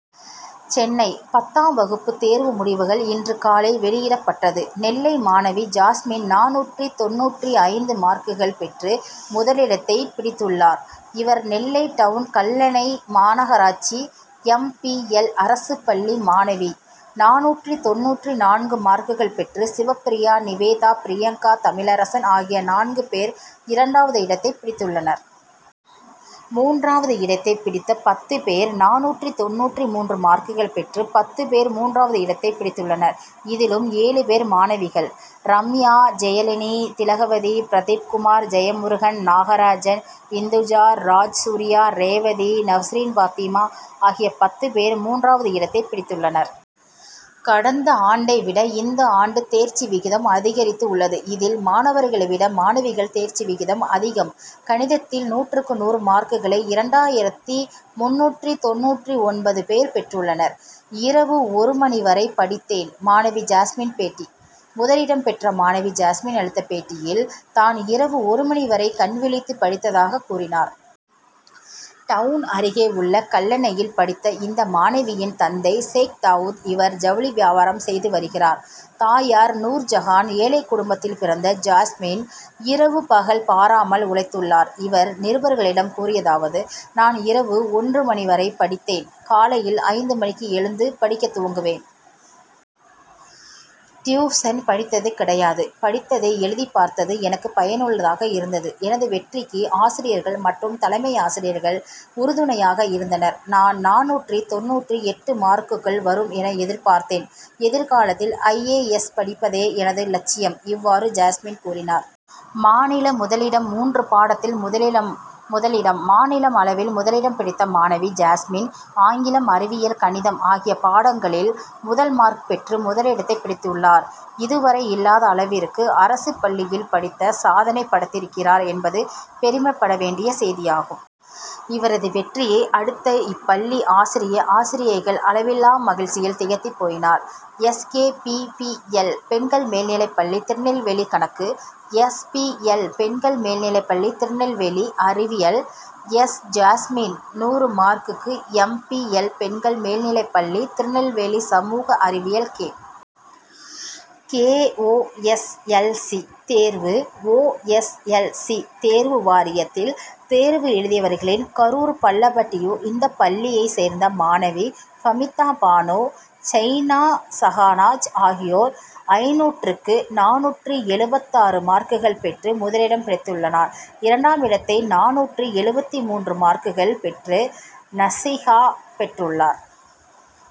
சென்னை பத்தாம் வகுப்பு தேர்வு முடிவுகள் இன்று காலை வெளியிடப்பட்டது. நெல்லை மாணவி ஜாஸ்மின் நானூற்று தொண்ணூற்று ஐந்து மார்க்குகள் பெற்று முதலிடத்தை பிடித்துள்ளார். இவர் நெல்லை டவுண் கல்லணை மாநகராட்சி எம். பி. எல்., அரசுப் பள்ளி மாணவி. நானூற்று தொண்ணூற்று நான்கு மார்க்குகள் பெற்று சிவப்பிரியா, நிவேதா, பிரியங்கா, தமிழரசன், ஆகிய நான்கு பேர் இரண்டாவது இடத்தை பிடித்துள்ளனர். மூன்றாவது இடத்தை பிடித்த பத்து பேர்: நானூற்று தொண்ணூற்று மூன்று மார்க்குகள் பெற்று பத்து பேர் மூன்று வது இடத்தை பிடித்துள்ளனர். இதிலும் ஏழு பேர் மாணவிகள். ரம்யா, ஜெயலினி, திலகவதி, பிரதீப்குமார், ஜெயமுருகன், நாகராஜன், இந்துஜா, ராஜ்சூர்யா, ரேவதி, நசுரின்பாத்திமா, ஆகிய பத்து பேர் மூன்று வது இடத்தை பிடித்துள்ளனர். கடந்த ஆண்டை விட இந்த ஆண்டு தேர்ச்சி விகிதம் அதிகரித்துள்ளது. இதில் மாணவர்களை விட மாணவிகள் தேர்ச்சி விகிதம் அதிகம். கணிதத்தில் நூற்றுக்கு நூறு மார்க்குகளை இரண்டாயிரத்து முந்நூற்று தொண்ணூற்று ஒன்பது பேர் பெற்றுள்ளனர். இரவு ஒரு மணி வரை படித்தேன் மாணவி ஜாஸ்மின் பேட்டி முதலிடம் பெற்ற மாணவி ஜாஸ்மின் அளித்த பேட்டியில், தான் இரவு ஒன்று மணி வரை கண்விழித்து படித்ததாக கூறினார். டவுண் அருகே உள்ள கல்லணையில் படித்த இந்த மாணவியின் தந்தை சேக்தாவூது. இவர் ஜவுளி வியாபாரம் செய்து வருகிறார். தாயார் நூர்ஜகான். ஏழைக்குடும்பத்தில் பிறந்த ஜாஸ்மின் இரவு பகல் பாராமல் உழைத்துள்ளார். இவர் நிருபர்களிடம் கூறியதாவது: நான் இரவு ஒன்று மணி வரை படித்தேன். காலையில் ஐந்து மணிக்கு எழுந்து படிக்கத்துவங்குவேன். டியூஷன் படித்தது கிடையாது. படித்ததை எழுதிபார்த்தது எனக்கு பயனுள்ளதாக இருந்தது. எனது வெற்றிக்கு ஆசிரியர்கள் மற்றும் தலைமை ஆசிரியர்கள் உறு துணையாக இருந்தனர். நான் நானூற்று தொண்ணூற்று எட்டு மார்க்குள் வரும் என எதிர்பார்த்தேன். எதிர்காலத்தில் ஐ. ஏ. எஸ்., படிப்பதே எனது இலட்சியம். இவ்வாறு ஜாஸ்மின் கூறினார். மாநில முதலிடம் மூன்று பாடத்தில் முதலிடம் மாநில அளவில் முதலிடம் பிடித்த மாணவி ஜாஸ்மின் ஆங்கிலம், அறிவியல், கணிதம் ஆகிய பாடங்களில் முதல் மார்க்கு பெற்று முதலிடத்தை பிடித்துள்ளார். இது வரை இல்லாத அளவிற்கு அரசுப்பள்ளியில் படித்து சாதனை படைத்திருக்கிறார் என்பது பெருமைபட வேண்டிய செய்தியாகும். இவரது வெற்றியை அடுத்து இந்தப்பள்ளி ஆசிரிய, ஆசிரியைகள் அளவிலா மகிழ்ச்சியில் திகைத்து போயினர். S. K. P. P. L. பெண்கள் மேல்நிலைப்பள்ளி, திருநெல்வேலிகணக்கு எஸ். பி. எல். பெண்கள் மேல்நிலைப்பள்ளி, திருநெல்வேலிஅறிவியல் எஸ். ஜாஸ்மின், நூறு மார்க்கு, எம். பி. எல். பெண்கள் மேல்நிலைப்பள்ளி, திருநெல்வேலிசமூக அறிவியல் K. K. O. S. L. C., தேர்வு ஓ. எஸ். எல். சி., தேர்வு வாரியத்தில், தேர்வு எழுதியவர்களில் கரூர் பள்ளப்பட்டி யு. இந்தப் பள்ளியைச் சேர்ந்த மாணவி பமீதா பாணு, ஜயினப் சஹானஜ் ஆகியோர் ஐந்நூறுக்கு நானூற்று எழுபத்தாறு மார்க்குகள் பெற்று முதலிடம் பிடித்துள்ளார். இரண்டாம் இடத்தை நானூற்று எழுபத்து மூன்று மார்க்குகள் பெற்று நசிஹா பெற்றுள்ளார்.